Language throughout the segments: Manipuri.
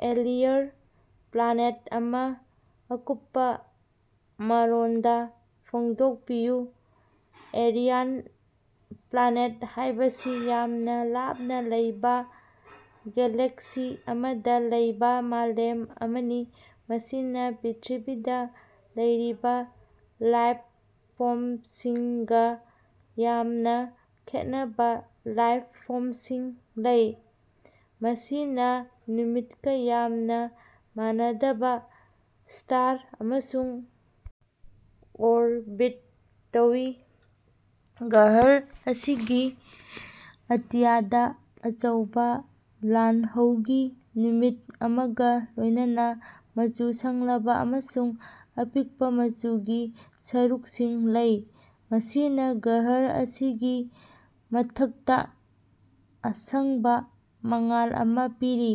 ꯑꯦꯂꯤꯌꯟ ꯄ꯭ꯂꯥꯅꯦꯠ ꯑꯃꯥ ꯑꯀꯨꯞꯄꯥ ꯃꯔꯣꯜꯗꯥ ꯐꯣꯡꯗꯣꯛꯄꯤꯌꯨ꯫ ꯑꯦꯂꯤꯌꯟ ꯄ꯭ꯂꯥꯅꯦꯠ ꯍꯥꯏꯕꯁꯤ ꯌꯥꯝꯅꯥ ꯂꯥꯞꯅꯥ ꯂꯩꯕꯥ ꯒꯦꯂꯦꯛꯁꯤ ꯑꯃꯗꯥ ꯂꯩꯕꯥ ꯃꯥꯂꯦꯝ ꯑꯃꯅꯤ, ꯃꯁꯤꯅꯥ ꯄ꯭ꯔꯤꯊꯤꯕꯤꯗꯥ ꯂꯩꯔꯤꯕꯥ ꯂꯥꯏꯞ ꯐꯣꯝꯁꯤꯡꯒꯥ ꯌꯥꯝꯅꯥ ꯈꯦꯟꯅꯕꯥ ꯂꯥꯏꯞ ꯐꯣꯝꯁꯤꯡ ꯂꯩ, ꯃꯁꯤꯅꯥ ꯅꯨꯃꯤꯠꯀꯥ ꯌꯥꯝꯅꯥ ꯃꯥꯟꯅꯗꯕꯥ ꯁ꯭ꯇꯥꯔ ꯑꯃꯕꯨ ꯑꯣꯔꯕꯤꯠ ꯇꯧꯏ꯫ ꯒ꯭ꯔꯍ ꯑꯁꯤꯒꯤ ꯑꯇꯤꯌꯥꯗꯥ ꯑꯆꯧꯕꯥ ꯂꯥꯜꯍꯧꯒꯤ ꯅꯨꯃꯤꯠ ꯑꯃꯒꯥ ꯂꯣꯏꯅꯅꯥ ꯃꯆꯨ ꯁꯪꯂꯕꯥ ꯑꯃꯁꯨꯡ ꯑꯄꯤꯛꯄꯥ ꯃꯆꯨꯒꯤ ꯁꯔꯨꯛꯁꯤꯡ ꯂꯩ, ꯃꯁꯤꯅꯥ ꯒ꯭ꯔꯍ ꯑꯁꯤꯒꯤ ꯃꯊꯛꯇꯥ ꯑꯁꯥꯡꯕꯥ ꯃꯉꯥꯜ ꯑꯃꯥ ꯄꯤꯔꯤ꯫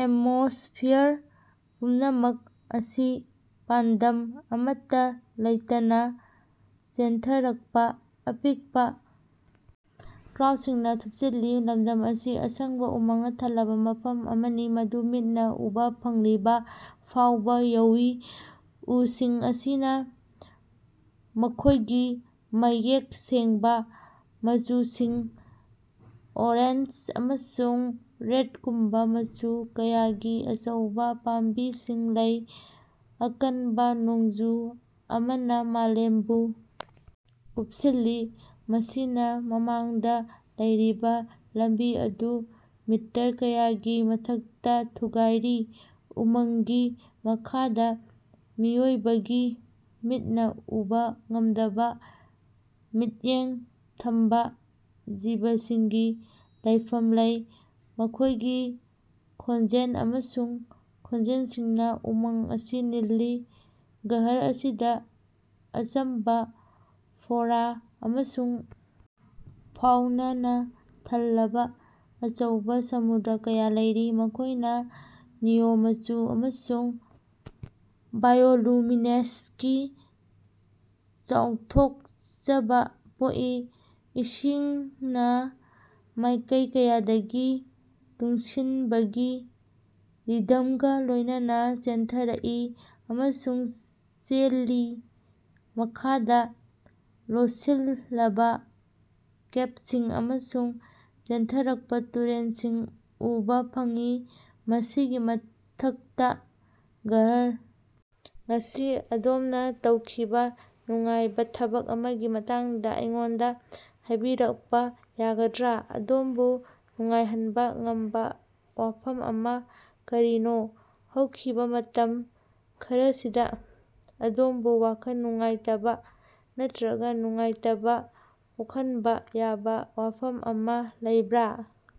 ꯑꯦꯠꯃꯣꯁꯐꯤꯌꯔ ꯄꯨꯝꯅꯃꯛ ꯑꯁꯤ ꯄꯥꯟꯗꯝ ꯑꯃꯠꯇꯥ ꯂꯩꯇꯅꯥ ꯆꯦꯟꯊꯔꯛꯄꯥ ꯑꯄꯤꯛꯄꯥ ꯀ꯭ꯂꯥꯎꯗꯁꯤꯡꯅꯥ ꯊꯨꯞꯆꯤꯜꯂꯤ꯫ ꯂꯝꯗꯝ ꯑꯁꯤ ꯑꯁꯪꯕꯥ ꯎꯃꯪꯅꯥ ꯊꯜꯂꯕꯥ ꯃꯐꯝ ꯑꯃꯅꯤ, ꯃꯗꯨ ꯃꯤꯠꯅꯥ ꯎꯕꯥ ꯐꯪꯂꯤꯕꯥ ꯐꯥꯎꯕꯥ ꯌꯧꯏ꯫ ꯎꯁꯤꯡ ꯑꯁꯤꯅꯥ ꯃꯈꯣꯏꯒꯤ ꯃꯌꯦꯛ ꯁꯦꯡꯕꯥ ꯃꯆꯨꯁꯤꯡ ꯑꯣꯔꯦꯟꯖ ꯑꯃꯁꯨꯡ ꯔꯦꯠꯀꯨꯝꯕꯥ ꯃꯆꯨ ꯀꯌꯥꯒꯤ ꯑꯆꯧꯕꯥ ꯄꯥꯝꯕꯤꯁꯤꯡ ꯂꯩ꯫ ꯑꯀꯟꯕꯥ ꯅꯣꯡꯖꯨ ꯑꯃꯅꯥ ꯃꯥꯂꯦꯝꯕꯨ ꯀꯨꯞꯁꯤꯜꯂꯤ, ꯃꯁꯤꯅꯥ ꯃꯃꯥꯡꯗꯥ ꯂꯩꯔꯤꯕꯥ ꯂꯝꯕꯤ ꯑꯗꯨ ꯃꯤꯇꯔ ꯀꯌꯥꯒꯤ ꯃꯊꯛꯇꯥ ꯊꯨꯒꯥꯏꯔꯤ꯫ ꯎꯃꯪꯒꯤ ꯃꯈꯥꯗꯥ ꯃꯤꯑꯣꯏꯕꯒꯤ ꯃꯤꯠꯅꯥ ꯎꯕꯥ ꯉꯝꯗꯕꯥ ꯃꯤꯠꯌꯦꯡ ꯊꯝꯕꯥ ꯖꯤꯕꯁꯤꯡꯒꯤ ꯂꯩꯐꯝ ꯂꯩ꯫ ꯃꯈꯣꯏꯒꯤ ꯈꯣꯟꯖꯦꯜ ꯑꯃꯁꯨꯡ ꯈꯣꯟꯖꯦꯜꯁꯤꯡꯅꯥ ꯎꯃꯪ ꯑꯁꯤ ꯅꯤꯜꯂꯤ꯫ ꯒ꯭ꯔꯍ ꯑꯁꯤꯗꯥ ꯑꯆꯝꯕꯥ ꯐ꯭ꯂꯣꯔꯥ ꯑꯃꯁꯨꯡ ꯐꯥꯎꯅꯥꯅ ꯊꯜꯂꯕꯥ ꯑꯆꯧꯕꯥ ꯁꯃꯨꯗ꯭ꯔ ꯀꯌꯥ ꯂꯩꯔꯤ, ꯃꯈꯣꯏꯅꯥ ꯅꯤꯑꯣꯟ ꯃꯆꯨ ꯑꯃꯁꯨꯡ ꯕꯥꯏꯑꯣꯂꯨꯃꯤꯅꯦꯁꯦꯟꯁꯀꯤ ꯆꯥꯎꯊꯣꯛꯆꯕꯥ ꯄꯣꯛꯏ꯫ ꯏꯁꯤꯡꯅ ꯃꯥꯏꯀꯩ ꯀꯌꯥꯗꯒꯤ ꯇꯨꯡꯁꯤꯟꯕꯒꯤ ꯔꯤꯗꯝꯒꯥ ꯂꯣꯏꯅꯅꯥ ꯆꯦꯟꯊꯔꯛꯏ ꯑꯃꯁꯨꯡ ꯆꯦꯜꯂꯤ, ꯃꯈꯥꯗꯥ ꯂꯣꯠꯁꯤꯜꯂꯕꯥ ꯀꯦꯞꯁꯤꯡ ꯑꯃꯁꯨꯡ ꯆꯦꯟꯊꯔꯛꯄꯥ ꯇꯨꯔꯦꯜꯁꯤꯡ ꯎꯕꯥ ꯐꯪꯏ꯫ ꯃꯁꯤꯒꯤ ꯃꯊꯛꯇꯥ ꯒ꯭ꯔꯍ ꯉꯁꯤ ꯑꯗꯣꯝꯅꯥ ꯇꯧꯈꯤꯕꯥ ꯅꯨꯡꯉꯥꯏꯕꯥ ꯊꯕꯛ ꯑꯃꯒꯤ ꯃꯇꯥꯡꯗꯥ ꯑꯩꯉꯣꯟꯗꯥ ꯍꯥꯏꯕꯤꯔꯛꯄꯥ ꯌꯥꯒꯗ꯭ꯔꯥ? ꯑꯗꯣꯝꯕꯨ ꯅꯨꯡꯉꯥꯏꯍꯟꯕꯥ ꯉꯝꯕꯥ ꯋꯥꯐꯝ ꯑꯃꯥ ꯀꯔꯤꯅꯣ? ꯍꯧꯈꯤꯕꯥ ꯃꯇꯝ ꯈꯔꯁꯤꯗꯥ ꯑꯗꯣꯝꯕꯨ ꯋꯥꯈꯜ ꯅꯨꯡꯉꯥꯏꯇꯕꯥ ꯅꯠꯇ꯭ꯔꯒꯥ ꯅꯨꯡꯉꯥꯏꯇꯕꯥ ꯄꯣꯛꯍꯟꯕꯥ ꯌꯥꯕꯥ ꯋꯥꯐꯝ ꯑꯃꯥ ꯂꯩꯕꯔꯥ?